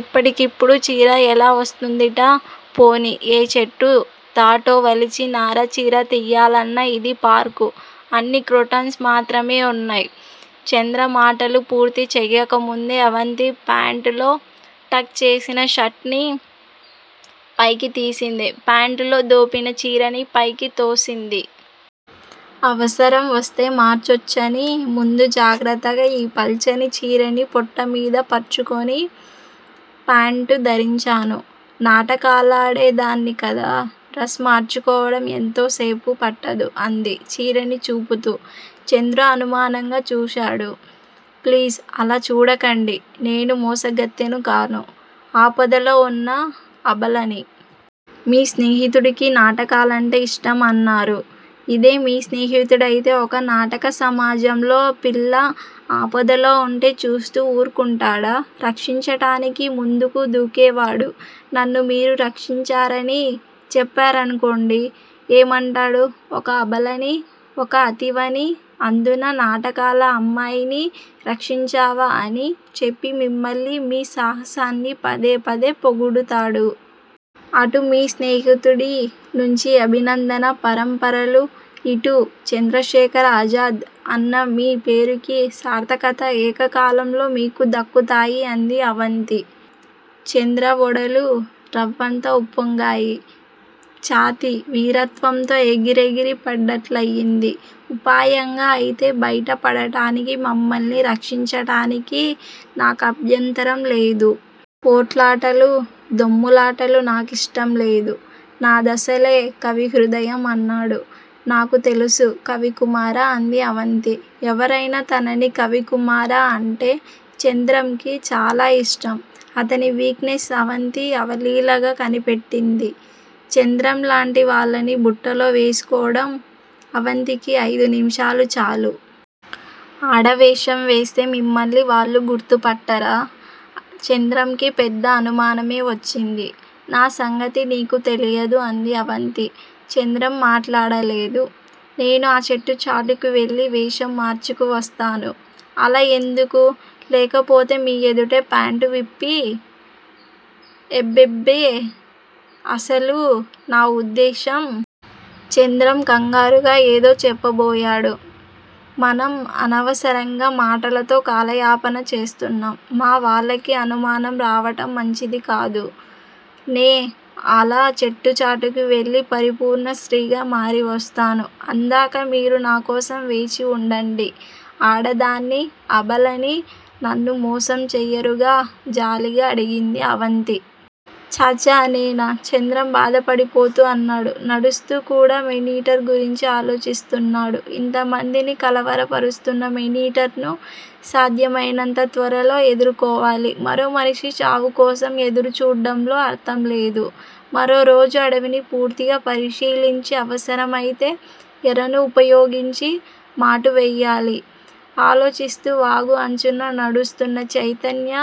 ఇప్పటికిప్పుడు చీర ఎలా వస్తూందిట? పోనీ ఏ చెట్టు తాటో వలిచి నార చీర తియ్యాలన్నా ఇది పార్కు అన్నీ క్రోటన్స్ మాత్రమే వున్నాయి. చంద్ర మాటలు పూర్తి చేయకముందే అవంతి ప్యాంట్ లో టక్ చేసిన షర్ట్ ని పైకి తీసింది. ప్యాంటులో దోపిన చీరని పైకి తోసింది. అవసరం వస్తే మార్చొచ్చని ముందు జాగ్రత్తగా ఈ పల్చని చీరని పొట్టమీద పర్చుకొని ప్యాంటు ధరించాను. నాటకాలాడే దాన్ని కదా! డ్రస్ మార్చుకోవటం ఎంతోసేపు పట్టదు అంది చీరని చూపుతూ. చంద్ర అనుమానంగా చూశాడు. ప్లీజ్ అలా చూడకండి. నేను మోసగత్తెను కాను. ఆపదలో వున్న అబలని. మీ స్నేహితుడికి నాటకాలంటే యిష్టం అన్నారు. ఇదే మీ స్నేహితుడైతే ఒక నాటక సమాజంలో పిల్ల ఆపదలో వుంటే చూస్తూ వూరుకుంటాడా? రక్షించటానికి ముందుకు దూకేవాడు, నన్నుమీరు రక్షించారని చెప్పారనుకోండి. ఏమంటాడు? ఒక అబలని ఒక అతివని అందునా నాటకాల అమ్మాయిని రక్షించావా అని చెప్పి మిమ్మల్ని మీ సాహసాన్ని పదే పదే పొగుడుతాడు. అటు మీ స్నేహితుడి నుంచి అభినందన పరంపరలు ఇటు చంద్రశేఖర ఆజాద్ అన్న మీ పేరుకి సార్ధకత ఏకకాలంలో మీకు దక్కుతాయి అంది అవంతి. చంద్ర ఒడలు రవంత ఉప్పొంగాయి. ఛాతీ వీరత్వంతో ఎగిరెగిరి పడ్డట్లయింది. ఉపాయంగా అయితే బైట పడటానికి మమ్మల్ని రక్షించటానికి నాకభ్యంతరం లేదు. పోట్లాటలు దొమ్ములాటలు నా కిష్టం లేదు. నా దసలే కవి హృదయం అన్నాడు. నాకు తెలుసు కవికుమారా అంది అవంతి. ఎవరైనా తనని కవికుమారా అంటే చంద్రంకి చాలా యిష్టం. అతని వీక్ నెస్ అవంతి అవలీలగా కనిపెట్టింది. చంద్రంలాంటి వాళ్ళని బుట్టలో వేసుకోడం అవంతికి అయిదు నిమిషాలు చాలు. ఆడవేషం వేస్తే మిమ్మల్ని వాళ్ళు గుర్తుపట్టరా? చంద్రంకి పెద్ద అనుమానమే వచ్చింది. నా సంగతి నీకు తెలియదు అంది అవంతి. చంద్రం మాట్లాడలేదు. నేను ఆ చెట్టుచాటుకి వెళ్ళి వేషం మార్చుకు వస్తాను. అలా ఎందుకు? లేకపోతే మీ ఎదుటే ప్యాంటు విప్పి ఎబ్బెబ్బెబ్బె అసలు నా వుద్దేశ్యం! చంద్రం కంగారుగా ఏదో చెప్పబోయాడు. మనం అనవసరం మాటలతో కాలయాపన చేస్తున్నాము. మా వాళ్ళకి అనుమానం రావటం మంచిదికాదు. నే అలా చెట్టుచాటుకి వెళ్ళి పరిపూర్ణ స్త్రీగా మారి వస్తాను. అందాకా మీరు నాకోసం వేచి వుండండి. ఆడదాన్ని అబలని నన్ను మోసం చేయరుగా? జాలిగా అడిగింది అవంతి. ఛా ఛా నేనా! చంద్రం బాధపడిపోతూ అన్నాడు. నడుస్తూకూడా మేనీటర్ గురించి ఆలోచిస్తున్నాడు. ఇంతమందిని కలవర పరుస్తున్న మేనీటర్ ను సాధ్యమయినంత త్వరలో ఎదుర్కోవాలి. మరో మనిషి చావుకోసం ఎదురుచూడ్డంలో అర్ధంలేదు. మరోరోజు అడవిని పూర్తిగా పరిశీలించి, అవసరమయితే ఎరను ఉపయోగించి మాటు వేయాలి. ఆలోచిస్తూ వాగు అంచున నడుస్తున్న చైతన్య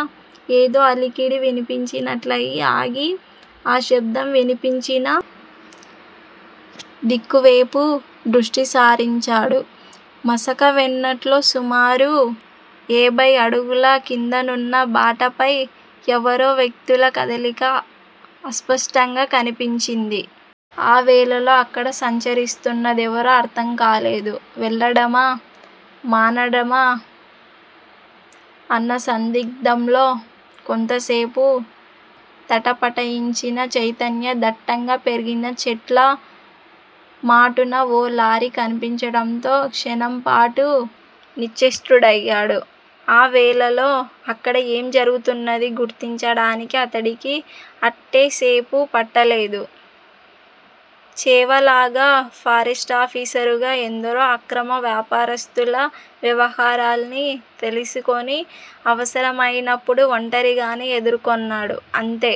ఏదో అలికిడి వినిపించినట్లయి ఆగి, ఆ శబ్దం వినిపించిన దిక్కువేపు దృష్టి సారించాడు మసక వెన్నెట్లో సుమారు ఏభై అడుగుల కిందనున్న బాటపై యెవరో వ్యక్తుల కదలిక అస్పష్టంగా కనిపించింది. ఆ వేళలో అక్కడ సంచరిస్తున్న దెవరో అర్ధం కాలేదు. వెళ్ళడమా, మానడమా అన్న సందిగ్ధంలో కొంతసేపు తటపటాయించిన చైతన్య దట్టంగా పెరిగిన చెట్లమాటున ఓ లారీ కనిపించటంతో క్షణంపాటు నిశ్చేష్టుడయ్యాడు. ఆ వేళలో అక్కడ ఏం జరుగుతున్నదీ గుర్తించడానికి అతడికి అట్టేసేపు పట్టలేదు. చేవలాగా ఫారెస్టాఫీసరుగా ఎందరో అక్రమ వ్యాపారస్తుల వ్యవహారాల్ని తెలిసికొని అవసరమైనప్పుడు ఒంటరిగానే ఎదుర్కొన్నాడు. అంతే